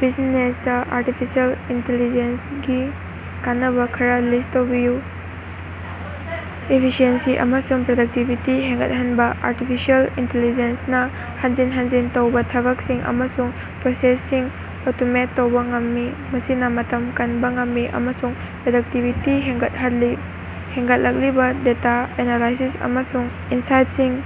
ꯕꯤꯖꯤꯅꯦꯁꯇꯥ artificial ꯏꯟꯇꯤꯂꯤꯖꯦꯟꯁꯒꯤ ꯀꯥꯟꯅꯕ ꯈꯔ ꯂꯤꯁ ꯇꯧꯕꯤꯌꯨ꯫ ꯏꯐꯤꯁꯤꯑꯦꯟꯁꯤ ꯑꯃꯁꯨꯡ ꯄ꯭ꯔꯗꯛꯇꯤꯕꯤꯇꯤ ꯍꯦꯟꯒꯠꯍꯟꯕꯥ: ꯑꯔꯇꯤꯐꯤꯁꯦꯜ ꯏꯟꯇꯤꯜꯂꯤꯖꯦꯟꯁꯅꯥ ꯍꯟꯖꯤꯟ ꯍꯟꯖꯤꯟ ꯇꯧꯕꯥ ꯊꯕꯛꯁꯤꯡ ꯑꯃꯁꯨꯡ ꯄ꯭ꯔꯣꯁꯦꯁꯁꯤꯡ ꯑꯣꯇꯣꯃꯦꯠ ꯇꯧꯕ ꯉꯝꯃꯤ, ꯃꯁꯤꯅꯥ ꯃꯇꯝ ꯀꯟꯕ ꯉꯝꯃꯤ ꯑꯃꯁꯨꯡ ꯄ꯭ꯔꯗꯛꯇꯤꯕꯤꯇꯤ ꯍꯦꯟꯒꯠꯍꯜꯂꯤ꯫ ꯍꯦꯟꯒꯠꯂꯛꯂꯤꯕ ꯗꯦꯇꯥ ꯑꯦꯅꯥꯂꯥꯏꯁꯤꯁ ꯑꯃꯁꯨꯡ ꯏꯟꯁꯥꯏꯠꯁꯤꯡ: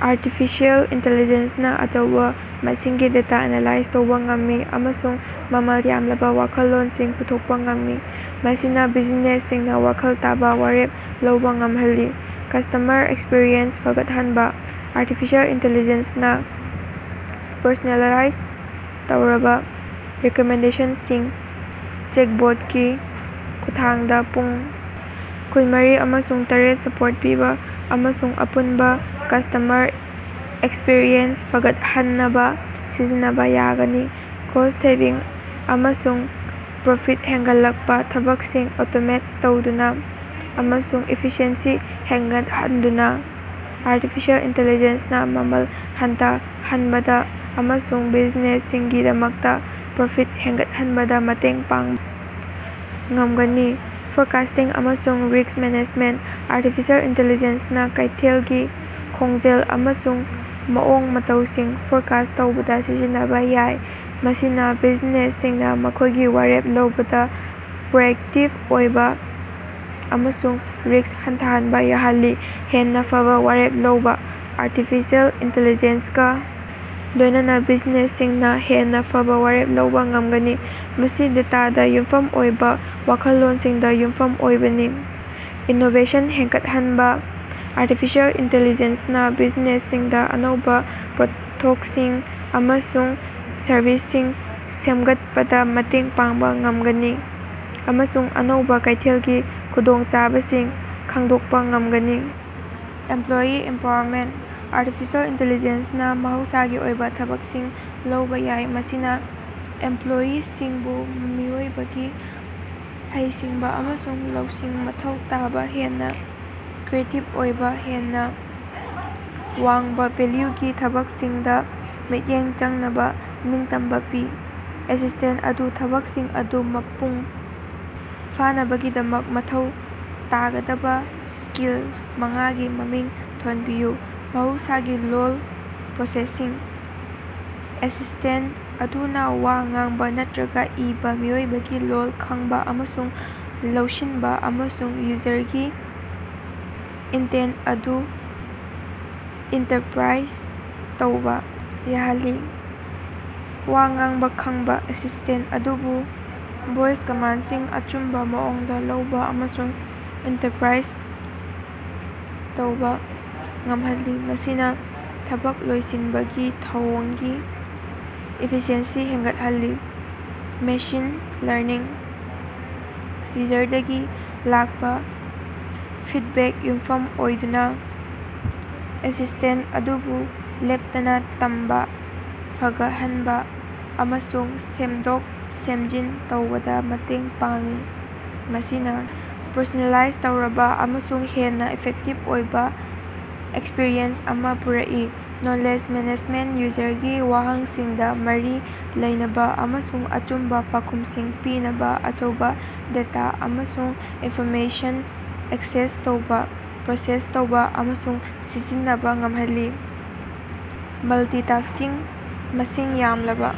ꯑꯔꯇꯤꯐꯤꯁꯦꯜ ꯏꯟꯇꯤꯂꯤꯖꯦꯟꯁꯅꯥ ꯑꯆꯧꯕꯥ ꯃꯁꯤꯡꯒꯤ ꯗꯦꯇꯥ ꯑꯦꯅꯂꯥꯏꯖ ꯇꯧꯕꯥ ꯉꯝꯃꯤ ꯑꯃꯁꯨꯡ ꯃꯃꯜ ꯌꯥꯝꯂꯕꯥ ꯋꯥꯈꯜꯂꯣꯟꯁꯤꯡ ꯄꯨꯊꯣꯛꯄꯥ ꯉꯝꯃꯤ, ꯃꯁꯤꯅꯥ ꯕꯤꯖꯤꯅꯦꯁꯁꯤꯡꯅꯥ ꯋꯥꯈꯜ ꯇꯥꯕꯥ ꯋꯥꯔꯦꯞ ꯂꯧꯕꯥ ꯉꯝꯍꯜꯂꯤ꯫ ꯀꯁ꯭ꯇꯃꯔ ꯑꯦꯛꯁꯄꯤꯔꯤꯑꯦꯟꯁ ꯐꯒꯠꯍꯟꯕꯥ: ꯑꯔꯇꯤꯐꯤꯁꯦꯜ ꯏꯟꯇꯤꯜꯂꯤꯖꯦꯟꯁꯅꯥ ꯄꯔꯁꯣꯅꯦꯂꯥꯏꯖ ꯇꯧꯔꯕꯥ ꯔꯤꯛꯃꯦꯟꯗꯦꯁꯟꯁꯤꯡ, ꯆꯦꯠꯕꯣꯠꯀꯤ ꯈꯨꯠꯊꯥꯡꯗꯥ ꯄꯨꯡ ꯀꯨꯟꯃꯔꯤ ꯑꯃꯁꯨꯡ ꯇꯥꯔꯦꯠ ꯁꯄꯣꯔꯠ ꯄꯤꯕꯥ ꯑꯃꯁꯨꯡ ꯑꯄꯨꯟꯕ ꯀꯁꯇꯃꯔ ꯑꯦꯛꯁꯄꯤꯔꯤꯑꯦꯟꯁ ꯐꯒꯠꯍꯟꯅꯕꯥ ꯁꯤꯖꯤꯟꯅꯕ ꯌꯥꯒꯅꯤ꯫ ꯀꯣꯁ ꯁꯦꯚꯤꯡ ꯑꯃꯁꯨꯡ ꯄ꯭ꯔꯣꯐꯤꯠ ꯍꯦꯟꯒꯠꯂꯛꯄꯥ: ꯊꯕꯛꯁꯤꯡ ꯑꯣꯇꯣꯃꯦꯠ ꯇꯧꯗꯨꯅꯥ ꯑꯃꯁꯨꯡ ꯏꯐꯤꯁꯤꯑꯦꯟꯁꯤ ꯍꯦꯟꯒꯠꯍꯟꯗꯨꯅ ꯑꯔꯇꯤꯐꯤꯁꯦꯜ ꯏꯟꯇꯤꯜꯂꯤꯖꯦꯟꯁꯅꯥ ꯃꯃꯜ ꯍꯟꯊꯍꯟꯕꯗꯥ ꯑꯃꯁꯨꯡ ꯕꯤꯖꯤꯅꯦꯁꯁꯤꯡꯒꯤꯗꯃꯛꯇ ꯄ꯭ꯔꯣꯐꯤꯠ ꯍꯦꯟꯒꯠꯍꯟꯕꯗꯥ ꯃꯇꯦꯡ ꯄꯥꯡꯕꯥ ꯉꯝꯒꯅꯤ꯫ ꯐꯣꯔꯀꯥꯁꯇꯤꯡ ꯑꯃꯁꯨꯡ ꯔꯤꯛꯁ ꯃꯦꯅꯦꯖꯃꯦꯟꯇ: ꯑꯔꯇꯤꯐꯤꯁꯦꯜ ꯏꯟꯇꯤꯜꯂꯤꯖꯦꯟꯁꯅꯥ ꯀꯩꯊꯦꯜꯒꯤ ꯈꯣꯡꯖꯦꯜ ꯑꯃꯁꯨꯡ ꯃꯑꯣꯡ ꯃꯇꯧꯁꯤꯡ ꯐꯣꯔꯀꯥꯁ ꯇꯧꯕꯗ ꯁꯤꯖꯤꯟꯅꯕꯥ ꯌꯥꯏ, ꯃꯁꯤꯅꯥ ꯕꯤꯖꯤꯅꯦꯁꯁꯤꯡꯅꯥ ꯃꯈꯣꯏꯒꯤ ꯋꯥꯔꯦꯞ ꯂꯧꯕꯗꯥ ꯄ꯭ꯔꯣꯑꯦꯛꯇꯤꯕ ꯑꯣꯏꯕꯥ ꯑꯃꯁꯨꯡ ꯔꯤꯛꯁ ꯍꯟꯊꯍꯟꯕ ꯌꯥꯍꯜꯂꯤ꯫ ꯍꯦꯟꯅꯥ ꯐꯕꯥ ꯋꯥꯔꯦꯞ ꯂꯧꯕꯥ: ꯑꯔꯇꯤꯐꯤꯁꯦꯜ ꯏꯟꯇꯤꯜꯂꯤꯖꯦꯟꯁꯒꯥ ꯂꯣꯏꯅꯅꯥ ꯕꯤꯖꯤꯅꯦꯁꯁꯤꯡꯅꯥ ꯍꯦꯟꯅꯥ ꯐꯕꯥ ꯋꯥꯔꯦꯞ ꯂꯧꯕꯥ ꯉꯝꯒꯅꯤ, ꯃꯁꯤ ꯗꯦꯇꯥꯗꯥ ꯌꯨꯝꯐꯝ ꯑꯣꯏꯕꯥ ꯋꯥꯈꯜꯂꯣꯟꯁꯤꯡꯗ ꯌꯨꯝꯐꯝ ꯑꯣꯏꯕꯅꯤ꯫ ꯏꯅꯣꯕꯦꯁꯟ ꯍꯦꯟꯒꯠꯍꯟꯕ: ꯑꯔꯇꯤꯐꯤꯁꯦꯜ ꯏꯟꯇꯤꯜꯂꯤꯖꯦꯟꯁꯅꯥ ꯕꯤꯖꯤꯅꯦꯁꯁꯤꯡꯗꯥ ꯑꯅꯧꯕꯥ ꯄꯣꯠꯊꯣꯛꯁꯤꯡ ꯑꯃꯁꯨꯡ ꯁꯔꯕꯤꯁꯁꯤꯡ ꯁꯦꯝꯒꯠꯄꯗꯥ ꯃꯇꯦꯡ ꯄꯥꯡꯕꯥ ꯉꯝꯒꯅꯤ, ꯑꯃꯁꯨꯡ ꯑꯅꯧꯕꯥ ꯀꯩꯊꯦꯜꯒꯤ ꯈꯨꯗꯣꯡꯆꯥꯕꯁꯤꯡ ꯈꯪꯗꯣꯛꯄ ꯉꯝꯒꯅꯤ꯫ ꯏꯝꯄ꯭ꯂꯣꯌꯤ ꯑꯦꯝꯄꯥꯋꯔꯃꯦꯟꯇ: ꯑꯔꯇꯤꯐꯤꯁꯦꯜ ꯏꯟꯇꯤꯜꯂꯤꯖꯦꯟꯁꯅꯥ ꯃꯍꯧꯁꯥꯒꯤ ꯑꯣꯏꯕ ꯊꯕꯛꯁꯤꯡ ꯂꯧꯕꯥ ꯌꯥꯏ, ꯃꯁꯤꯅꯥ ꯏꯝꯄ꯭ꯂꯣꯌꯤꯁꯤꯡꯕꯨ ꯃꯤꯑꯣꯏꯕꯒꯤ ꯍꯩꯁꯤꯡꯕꯥ ꯑꯃꯁꯨꯡ ꯂꯧꯁꯤꯡ ꯃꯊꯧ ꯇꯥꯕꯥ ꯍꯦꯟꯅꯥ ꯀ꯭ꯔꯤꯌꯦꯇꯤꯕ ꯑꯣꯏꯕꯥ, ꯍꯦꯟꯅꯥ ꯋꯥꯡꯕꯥ ꯚꯦꯜꯌꯨꯒꯤ ꯊꯕꯛꯁꯤꯡꯗꯥ ꯃꯤꯠꯌꯦꯡ ꯆꯪꯅꯕꯥ ꯅꯤꯡꯇꯝꯕꯥ ꯄꯤ꯫ ꯑꯦꯁꯤꯁꯇꯦꯟꯇ ꯑꯗꯨꯅꯥ ꯊꯕꯛꯁꯤꯡ ꯑꯗꯨ ꯃꯄꯨꯡ ꯐꯥꯍꯟꯅꯕꯒꯤꯗꯃꯛ ꯃꯊꯧ ꯇꯥꯒꯗꯕꯥ ꯁ꯭ꯀꯤꯜ ꯃꯉꯥꯒꯤ ꯃꯃꯤꯡ ꯊꯣꯟꯕꯤꯌꯨ꯫ ꯃꯍꯧꯁꯥꯒꯤ ꯂꯣꯜ ꯄ꯭ꯔꯣꯁꯦꯁꯤꯡ: ꯑꯦꯁꯤꯁꯇꯦꯟꯇ ꯑꯗꯨꯅꯥ ꯋꯥ ꯉꯥꯡꯕ ꯅꯠꯇ꯭ꯔꯥꯒ ꯏꯕꯥ ꯃꯤꯑꯣꯏꯕꯒꯤ ꯂꯣꯜ ꯈꯪꯕ ꯑꯃꯁꯨꯡ ꯂꯧꯁꯤꯟꯕ ꯑꯃꯁꯨꯡ ꯌꯨꯖꯔꯒꯤ ꯏꯟꯇꯦꯟ ꯑꯗꯨ ꯏꯟꯇꯔꯄ꯭ꯔꯥꯏꯖ ꯇꯧꯕꯥ ꯌꯥꯍꯜꯂꯤ꯫ ꯋꯥ ꯉꯥꯡꯕꯥ ꯈꯪꯕ: ꯑꯦꯁꯤꯁꯇꯦꯟꯇ ꯑꯗꯨꯕꯨ ꯚꯣꯏꯁ ꯀꯃꯥꯟꯗꯁꯤꯡ ꯑꯆꯨꯝꯕꯥ ꯃꯑꯣꯡꯗꯥ ꯂꯧꯕꯥ ꯑꯃꯁꯨꯡ ꯏꯟꯇꯔꯄ꯭ꯔꯥꯏꯖ ꯇꯧꯕꯥ ꯉꯝꯍꯜꯂꯤ, ꯃꯁꯤꯅꯥ ꯊꯕꯛ ꯂꯣꯏꯁꯤꯟꯕꯒꯤ ꯊꯧꯑꯣꯡꯒꯤ ꯏꯐꯤꯁꯤꯑꯦꯟꯁꯤ ꯍꯦꯟꯒꯠꯍꯜꯂꯤ꯫ ꯃꯦꯆꯤꯟ ꯂꯔꯅꯤꯡ: ꯌꯨꯖꯔꯗꯒꯤ ꯂꯥꯛꯄ ꯐꯤꯠꯕꯦꯛꯇ ꯌꯨꯝꯐꯝ ꯑꯣꯏꯗꯨꯅꯥ ꯑꯦꯁꯤꯁꯇꯦꯟꯇ ꯑꯗꯨꯕꯨ ꯂꯦꯞꯇꯅꯥ ꯇꯝꯕꯥ, ꯐꯒꯠꯍꯟꯕ ꯑꯃꯁꯨꯡ ꯁꯦꯝꯗꯣꯛ-ꯁꯦꯝꯖꯤꯟ ꯇꯧꯕꯗꯥ ꯃꯇꯦꯡ ꯄꯥꯡꯏ, ꯃꯁꯤꯅꯥ ꯄꯔꯁꯣꯅꯦꯂꯥꯏꯖ ꯇꯧꯔꯕꯥ ꯑꯃꯁꯨꯡ ꯍꯦꯟꯅꯥ ꯏꯐꯦꯛꯇꯤꯕ ꯑꯣꯏꯕꯥ ꯑꯦꯛꯁꯄ꯭ꯔꯤꯌꯦꯟꯁ ꯑꯃꯥ ꯄꯨꯔꯛꯏ꯫ ꯅꯣꯂꯦꯖ ꯃꯦꯅꯦꯖꯃꯦꯟꯇ: ꯌꯨꯖꯔꯒꯤ ꯋꯥꯍꯪꯁꯤꯡꯗꯥ ꯃꯔꯤ ꯂꯩꯅꯕꯥ ꯑꯃꯁꯨꯡ ꯑꯆꯨꯝꯕꯥ ꯄꯥꯎꯈꯨꯝꯁꯤꯡ ꯄꯤꯅꯕꯥ ꯑꯆꯧꯕꯥ ꯗꯦꯇꯥ ꯑꯃꯁꯨꯡ ꯏꯟꯐꯣꯔꯃꯦꯁꯟ ꯑꯦꯛꯁꯦꯁ ꯇꯧꯕꯥ, ꯄ꯭ꯔꯣꯁꯦꯁ ꯇꯧꯕꯥ ꯑꯃꯁꯨꯡ ꯁꯤꯖꯤꯟꯅꯕꯥ ꯉꯝꯍꯜꯂꯤ꯫ ꯃꯜꯇꯤꯇꯥꯛꯁ꯭ꯀꯤꯡ: ꯃꯁꯤꯡ ꯌꯥꯝꯂꯕꯥ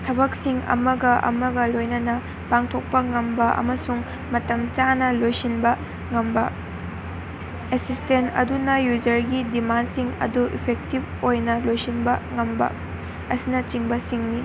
ꯊꯕꯛꯁꯤꯡ ꯑꯃꯒꯥ ꯑꯃꯒꯥ ꯂꯣꯏꯅꯅ ꯄꯥꯡꯊꯣꯛꯄꯥ ꯉꯝꯕꯥ ꯑꯃꯁꯨꯡ ꯃꯇꯝ ꯆꯥꯅꯥ ꯂꯣꯏꯁꯤꯟꯕ ꯉꯝꯕꯥ, ꯑꯦꯁꯤꯁꯇꯦꯟꯇ ꯑꯗꯨꯅꯥ ꯌꯨꯖꯔꯒꯤ ꯗꯤꯃꯥꯟꯗꯁꯤꯡ ꯑꯗꯨ ꯏꯐꯦꯛꯇꯤꯕ ꯑꯣꯏꯅꯥ ꯂꯣꯏꯁꯤꯟꯕ ꯉꯝꯕꯥ ꯑꯁꯤꯅꯆꯤꯡꯕꯁꯤꯡꯅꯤ꯫